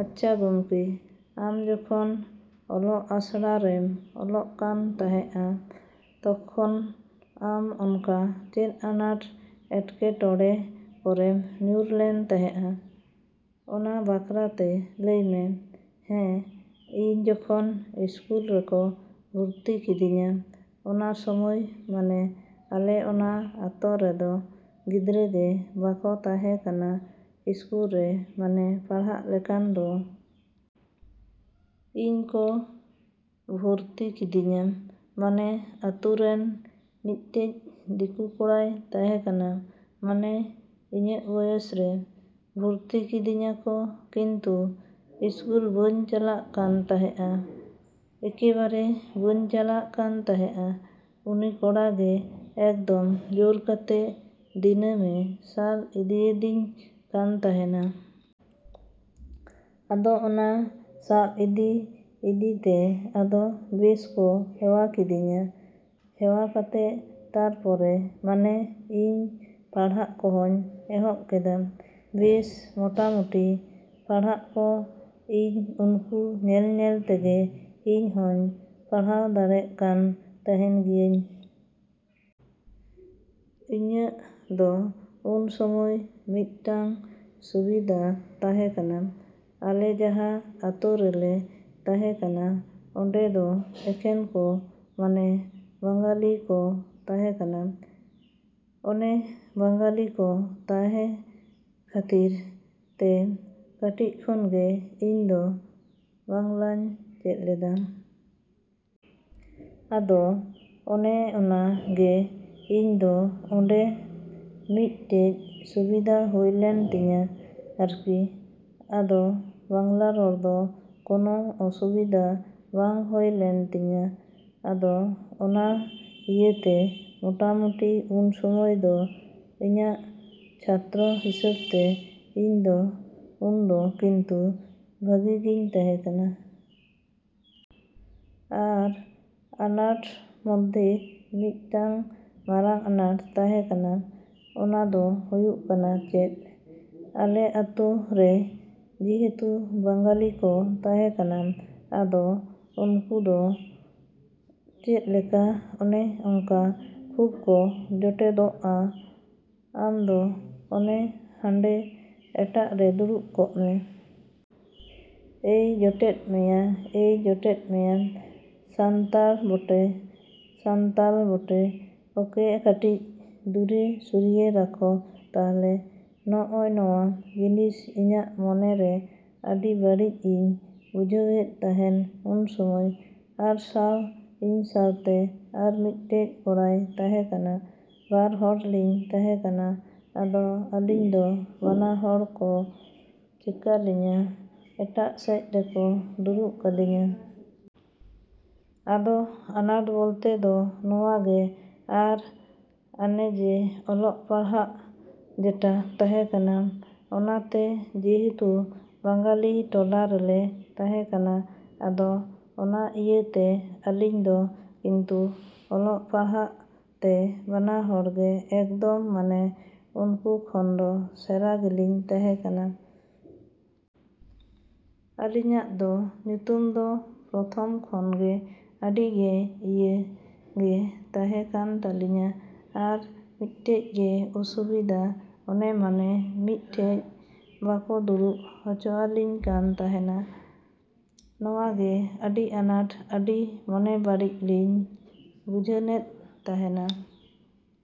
ᱟᱪᱪᱷᱟ ᱜᱚᱢᱠᱮ, ᱟᱢ ᱡᱚᱠᱷᱚᱱ ᱚᱞᱚᱜ ᱟᱥᱲᱟ ᱨᱮᱢ ᱚᱞᱚᱜ ᱠᱟᱱ ᱛᱟᱦᱮᱸᱜᱼᱟ, ᱛᱚᱠᱷᱚᱱ ᱟᱢ ᱚᱱᱠᱟ ᱪᱮᱫ ᱟᱱᱟᱴᱼᱮᱴᱠᱮᱴᱚᱬᱮ ᱠᱚᱨᱮᱢ ᱧᱩᱨ ᱞᱮᱱ ᱛᱟᱦᱮᱸᱜᱼᱟ? ᱚᱱᱟ ᱵᱟᱠᱷᱨᱟᱛᱮ ᱞᱟᱹᱭ ᱢᱮ᱾ ᱦᱮᱸ, ᱤᱧ ᱡᱚᱠᱷᱚᱱ ᱥᱠᱩᱞ ᱨᱮᱠᱚ ᱵᱷᱩᱨᱛᱤ ᱠᱤᱫᱤᱧᱟ, ᱚᱱᱟ ᱥᱚᱢᱚᱭ ᱢᱟᱱᱮ ᱟᱞᱮ ᱚᱱᱟ ᱟᱛᱚ ᱨᱮᱫᱚ ᱜᱤᱫᱽᱨᱟᱹ ᱜᱮ ᱵᱟᱠᱚ ᱛᱟᱦᱮᱸᱠᱟᱱᱟ ᱥᱠᱩᱞ ᱨᱮ ᱢᱟᱱᱮ ᱯᱟᱲᱦᱟᱜ ᱞᱮᱠᱟᱱ ᱫᱚ᱾ ᱤᱧ ᱠᱚ ᱵᱷᱩᱨᱛᱤ ᱠᱤᱫᱤᱧᱟ᱾ ᱢᱟᱱᱮ ᱟᱛᱳ ᱨᱮᱱ ᱢᱤᱫᱴᱮᱡ ᱫᱤᱠᱩ ᱠᱚᱲᱟᱭ ᱛᱟᱦᱮᱸᱠᱟᱱᱟ, ᱢᱟᱱᱮ ᱤᱧᱟᱹᱜ ᱵᱚᱭᱮᱥ ᱨᱮ᱾ ᱵᱷᱩᱨᱛᱤ ᱠᱤᱫᱤᱧᱟᱠᱚ ᱠᱤᱱᱛᱩ ᱥᱠᱩᱞ ᱵᱟᱹᱧ ᱪᱟᱞᱟᱜ ᱠᱟᱱ ᱛᱟᱦᱮᱸᱜᱼᱟ᱾ ᱮᱠᱮᱵᱟᱨᱮ ᱵᱟᱹᱧ ᱪᱟᱞᱟᱜ ᱠᱟᱱ ᱛᱟᱦᱮᱸᱜᱼᱟ, ᱩᱱᱤ ᱠᱚᱲᱟ ᱜᱮ ᱮᱠᱫᱚᱢ ᱡᱳᱨ ᱠᱟᱛᱮ ᱫᱤᱱᱟᱹᱢᱮ ᱥᱟᱵ ᱤᱫᱤᱭᱮᱫᱤᱧ ᱠᱟᱱ ᱛᱟᱦᱮᱱᱟ᱾ ᱟᱫᱚ ᱚᱱᱟ ᱥᱟᱵ ᱤᱫᱤᱼᱤᱫᱤ ᱛᱮ ᱟᱫᱚ ᱵᱮᱥ ᱠᱚ ᱦᱮᱣᱟ ᱠᱤᱫᱤᱧᱟ, ᱦᱮᱣᱟ ᱠᱟᱛᱮ ᱛᱟᱨᱯᱚᱨᱮ ᱢᱟᱱᱮ ᱤᱧ ᱯᱟᱲᱦᱟᱜ ᱠᱚᱦᱚᱧ ᱮᱦᱚᱵ ᱠᱮᱫᱟ᱾ ᱵᱮᱥ ᱢᱚᱴᱟᱢᱩᱴᱤ ᱯᱟᱲᱦᱟᱜ ᱠᱚ ᱤᱧ ᱩᱱᱠᱩ ᱧᱮᱞᱼᱧᱮᱞ ᱛᱮᱜᱮ ᱤᱧ ᱦᱚᱧ ᱯᱟᱲᱦᱟᱣ ᱫᱟᱲᱮᱜ ᱠᱟᱱ ᱛᱟᱦᱮᱱ ᱜᱤᱭᱟᱹᱧ᱾ ᱤᱧᱟᱹᱜ ᱫᱚ ᱩᱱ ᱥᱚᱢᱚᱭ ᱢᱤᱫᱴᱟᱝ ᱥᱩᱵᱤᱫᱟ ᱛᱟᱦᱮᱸᱠᱟᱱᱟ᱾ ᱟᱞᱮ ᱡᱟᱦᱟᱸ ᱟᱛᱳ ᱨᱮᱞᱮ ᱛᱟᱦᱮᱸᱠᱟᱱᱟ ᱚᱸᱰᱮ ᱫᱚ ᱮᱠᱮᱱ ᱠᱚ ᱢᱟᱱᱮ ᱵᱟᱝᱜᱟᱞᱤ ᱠᱚ ᱛᱟᱦᱮᱸ ᱠᱟᱱᱟ᱾ ᱚᱱᱮ ᱵᱟᱝᱜᱟᱞᱤ ᱠᱚ ᱛᱟᱦᱮᱸ ᱠᱷᱟᱹᱛᱤᱨ ᱛᱮ ᱠᱟᱹᱴᱤᱡ ᱠᱷᱚᱱ ᱜᱮ ᱤᱧ ᱫᱚ ᱵᱟᱝᱞᱟᱧ ᱪᱮᱫ ᱞᱮᱫᱟ᱾ ᱟᱫᱚ ᱚᱱᱮ ᱚᱱᱟ ᱜᱮ ᱤᱧ ᱫᱚ ᱚᱸᱰᱮ ᱢᱤᱫᱴᱮᱡ ᱥᱩᱵᱤᱫᱟ ᱦᱩᱭ ᱞᱮᱱ ᱛᱤᱧᱟᱹ ᱟᱨᱠᱤ᱾ ᱟᱫᱚ ᱵᱟᱝᱞᱟ ᱨᱚᱲ ᱫᱚ ᱠᱳᱱᱳ ᱚᱥᱩᱵᱤᱫᱟ ᱵᱟᱝ ᱦᱩᱭ ᱞᱮᱱ ᱛᱤᱧᱟᱹ᱾ ᱟᱫᱚ ᱚᱱᱟ ᱤᱭᱟᱹᱛᱮ ᱢᱩᱴᱟᱢᱩᱴᱤ ᱩᱱ ᱥᱚᱢᱚᱭ ᱫᱚ ᱤᱧᱟᱹᱜ ᱪᱷᱟᱛᱨᱚ ᱦᱤᱥᱟᱹᱵ ᱛᱮ ᱤᱧ ᱫᱚ ᱩᱱᱫᱚ ᱠᱤᱱᱛᱩ ᱵᱷᱟᱹᱜᱤ ᱜᱤᱧ ᱛᱟᱦᱮᱸᱠᱟᱱᱟ᱾ ᱟᱨ ᱟᱱᱟᱴ ᱢᱚᱫᱽᱫᱷᱮ ᱢᱤᱫᱴᱟᱝ ᱢᱟᱨᱟᱝ ᱟᱱᱟᱴ ᱛᱟᱦᱮᱸᱠᱟᱱᱟ, ᱚᱱᱟ ᱫᱚ ᱦᱩᱭᱩᱜ ᱠᱟᱱᱟ ᱪᱮᱫ, ᱟᱞᱮ ᱟᱛᱳ ᱨᱮ ᱡᱮᱦᱮᱛᱩ ᱵᱟᱝᱜᱟᱞᱤ ᱠᱚ ᱛᱟᱦᱮᱸᱠᱟᱱᱟ᱾ ᱟᱫᱚ ᱩᱱᱠᱩ ᱫᱚ ᱪᱮᱫᱞᱮᱠᱟ ᱚᱱᱮ ᱚᱝᱠᱟ ᱠᱷᱩᱵ ᱠᱚ ᱡᱚᱴᱮᱫᱚᱜᱼᱟ᱾ ᱟᱢ ᱫᱚ ᱚᱱᱮ ᱦᱟᱱᱰᱮ ᱮᱴᱟᱜ ᱨᱮ ᱫᱩᱲᱩᱵ ᱠᱚᱜ ᱢᱮ᱾ ᱮᱭ ᱡᱚᱴᱮᱫ ᱢᱮᱭᱟᱼᱮᱭ ᱡᱚᱴᱮᱫ ᱢᱮᱭᱟ, ᱥᱟᱱᱛᱟᱲ ᱵᱚᱴᱮᱼᱥᱟᱱᱛᱟᱞ ᱵᱚᱴᱮ ᱚᱠᱮ ᱠᱟᱴᱤᱡ ᱫᱩᱨᱮ ᱥᱚᱨᱤᱭᱮ ᱨᱟᱠᱷᱚ ᱛᱟᱞᱦᱮ᱾ ᱱᱚᱜᱼᱚᱭ ᱱᱚᱣᱟ ᱡᱤᱱᱤᱥ ᱤᱧᱟᱹᱜ ᱢᱚᱱᱮ ᱨᱮ ᱟᱹᱰᱤ ᱵᱟᱹᱲᱤᱡ ᱤᱧ ᱵᱩᱡᱷᱟᱹᱣᱮᱫ ᱛᱟᱦᱮᱸᱱ ᱩᱱ ᱥᱚᱢᱚᱭ᱾ ᱟᱨ ᱥᱟᱶ, ᱤᱧ ᱥᱟᱶᱛᱮ ᱟᱨ ᱢᱤᱫᱴᱮᱡ ᱠᱚᱲᱟᱭ ᱛᱟᱦᱮᱸᱠᱟᱱᱟ, ᱵᱟᱨ ᱦᱚᱲ ᱞᱤᱧ ᱛᱟᱦᱮᱸᱠᱟᱱᱟ, ᱟᱫᱚ ᱟᱞᱤᱧ ᱫᱚ ᱵᱟᱱᱟ ᱦᱚᱲ ᱠᱚ ᱪᱮᱠᱟᱞᱤᱧᱟ ᱮᱴᱟᱜ ᱥᱮᱡ ᱨᱮᱠᱚ ᱫᱩᱲᱩᱵ ᱠᱟᱞᱤᱧᱟᱹ᱾ ᱟᱫᱚ ᱟᱱᱟᱴ ᱵᱚᱞᱛᱮ ᱫᱚ ᱱᱚᱣᱟ ᱜᱮ ᱟᱨ ᱟᱱᱮ ᱡᱮ ᱚᱞᱚᱜ ᱯᱟᱲᱦᱟᱜ ᱡᱮᱴᱟ ᱛᱟᱦᱮᱸ ᱠᱟᱱᱟ, ᱚᱱᱟᱛᱮ ᱡᱮᱦᱮᱛᱩ ᱵᱟᱝᱜᱟᱞᱤ ᱴᱚᱞᱟ ᱨᱮᱞᱮ ᱛᱟᱦᱮᱸᱠᱟᱱᱟ ᱟᱫᱚ ᱚᱱᱟ ᱤᱭᱟᱹ ᱛᱮ ᱟᱞᱤᱧ ᱫᱚ ᱠᱤᱱᱛᱩ ᱚᱞᱚᱜ ᱯᱟᱲᱦᱟᱜ ᱛᱮ ᱵᱟᱱᱟ ᱦᱚᱲ ᱜᱮ ᱮᱠᱫᱚᱢ ᱢᱟᱱᱮ ᱩᱱᱠᱩ ᱠᱷᱚᱱ ᱫᱚ ᱥᱮᱨᱟ ᱜᱮᱞᱤᱧ ᱛᱟᱦᱮᱸᱠᱟᱱᱟ᱾ ᱟᱞᱤᱧᱟᱜ ᱫᱚ ᱧᱩᱛᱩᱢ ᱫᱚ ᱯᱨᱚᱛᱷᱚᱢ ᱠᱷᱚᱱ ᱜᱮ ᱟᱹᱰᱤ ᱜᱮ ᱤᱭᱟᱹ ᱜᱮ ᱛᱟᱦᱮᱸ ᱠᱟᱱ ᱛᱟᱞᱤᱧᱟᱹ ᱟᱨ ᱢᱤᱫᱴᱮᱡ ᱜᱮ ᱚᱥᱩᱵᱤᱫᱟ ᱚᱱᱮ ᱢᱟᱱᱮ ᱢᱤᱫᱴᱷᱮᱡ ᱵᱟᱠᱚ ᱫᱩᱲᱩᱵ ᱦᱚᱪᱚᱣᱟᱞᱤᱧ ᱠᱟᱱ ᱛᱟᱦᱮᱱᱟ᱾ ᱱᱚᱣᱟ ᱜᱮ ᱟᱹᱰᱤ ᱟᱱᱟᱴ ᱟᱹᱰᱤ ᱢᱚᱱᱮ ᱵᱟᱹᱲᱤᱡ ᱞᱤᱧ ᱵᱩᱡᱷᱟᱹᱱᱮᱫ ᱛᱟᱦᱮᱱᱟ᱾